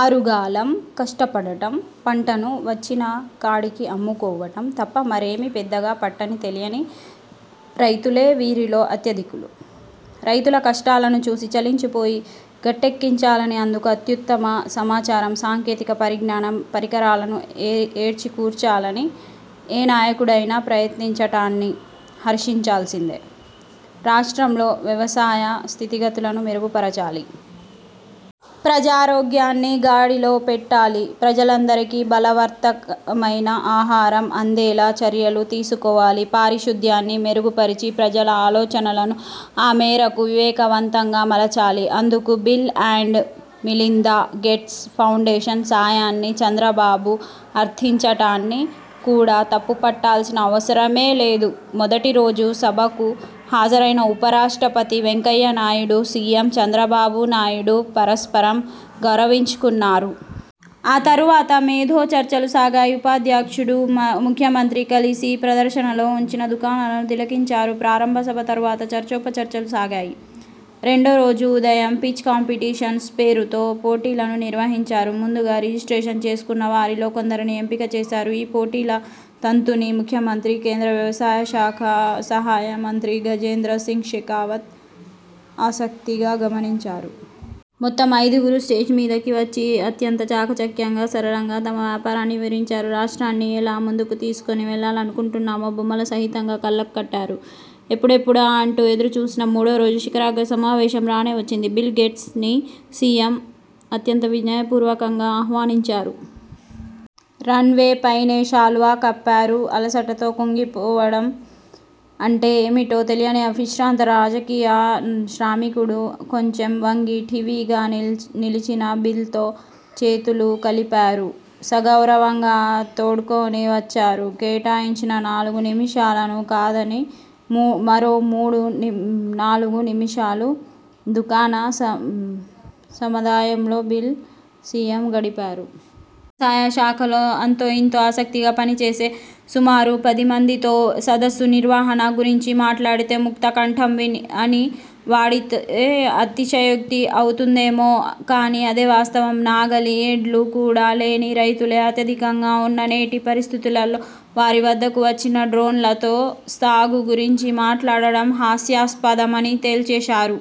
ఆరుగాలం కష్టపడటం, పంటను వచ్చినకాడికి అమ్ముకోవటం తప్ప మరేమీ పెద్దగా పట్టని, తెలియని రైతులే వీరిలో అత్యధికులు. రైతుల కష్టాలను చూసి చలించిపోయి, గట్టెక్కించాలనీ, అందుకు అత్యుత్తమ సమాచారం, సాంకేతిక పరిజ్ఞానం, పరికరాలను ఏర్చికూర్చాలనీ ఏ నాయకుడైనా ప్రయత్నించటాన్ని హర్షించాల్సిందే. రాష్ట్రంలో వ్యవసాయ స్థితిగతులను మెరుగుపరచాలి. ప్రజారోగ్యాన్ని గాడిలో పెట్టాలి. ప్రజలందరికీ బలవర్థకమైన ఆహారం అందేలా చర్యలు తీసుకోవాలి. పారిశుద్ధ్యాన్ని మెరుగుపరిచి, ప్రజల ఆలోచనలను ఆ మేరకు వివేకవంతంగా మలచాలి. అందుకు Bill and Melinda Gates Foundation సాయాన్ని చంద్రబాబు అర్థించటాన్ని కూడా తప్పు పట్టాల్సిన అవసరమే లేదు. మొదటి రోజు సభకు హాజరైన ఉప రాష్ట్రపతి వెంకయ్యనాయుడు, సీఎం చంద్రబాబు నాయుడు పరస్పరం గరవించుకున్నారు. ఆ తరువాత మేధో చర్చలు సాగాయి. ఉపాధ్యక్షుడు, ముఖ్యమంత్రి కలసి ప్రదర్శనలో ఉంచిన దుకాణాలను తిలకించారు. ప్రారంభ సభ తరువాత చర్చోపచర్చలు సాగాయి. రెండో రోజు ఉదయం పిచ్ కాంపిటీషన్స్ పేరుతో పోటీలను నిర్వహించారు. ముందుగా రిజిస్ట్రేషన్ చేసుకున్న వారిలో కొందరిని ఎంపిక చేశారు. ఈ పోటీల తంతుని ముఖ్యమంత్రి, కేంద్ర వ్యవసాయ శాఖ సహాయ మంత్రి గజేంద్ర సింగ్ షెకావత్ ఆసక్తిగా గమనించారు. మొత్తం ఐదుగురు స్టేజ్ మీదకు వచ్చి అత్యంత చాకచక్యంగా, సరళంగా తమ వ్యాపారాన్ని వివరించారు. రాష్ట్రాన్ని ఎలా ముందుకు తీసుకుని వెళ్ళాలనుకుంటున్నామో బొమ్మల సహితంగా కళ్ళకు కట్టారు. ఎప్పుడెప్పుడా అంటూ ఎదురు చూసిన మూడోరోజు శిఖరాగ్ర సమావేశం రానే వచ్చింది. బిల్ గేట్స్ని సీఎం అత్యంత వినయపూర్వకంగా ఆహ్వానించారు. రన్ వే పైనే శాలువా కప్పారు. అలసటతో కుంగిపోవటం అంటే ఏమిటో తెలియని అవిశ్రాంత రాజకీయ శ్రామికుడు కొంచెం వంగి, ఠీవిగా నిలిచిన బిల్తో చేతులుకలిపారు. సగౌరవంగా తోడ్కొని వచ్చారు. కేటాయించిన నాలుగు నిమిషాలను కాదని మరో మూడు నాలుగు నిమిషాలు దుకాణ సముదాయంలో బిల్, సీఎం గడిపారు. వ్యవసాయ శాఖలో అంతో ఇంతో ఆసక్తిగా పనిచేసే సుమారు పది మందితో సదస్సు నిర్వహణ గురించి మాట్లాడితే ముక్త కంఠం అని వాడితే అతిశయోక్తి అవుతుందేమో కానీ అదే వాస్తవం. నాగలి, ఎడ్లు కూడా లేని రైతులే అత్యధికంగా వున్న నేటి పరిస్థితులలో వారి వద్దకు వచ్చి డ్రోన్లతో సాగు గురించి మాట్లాడటం హాస్యాస్పదమని తేల్చేశారు.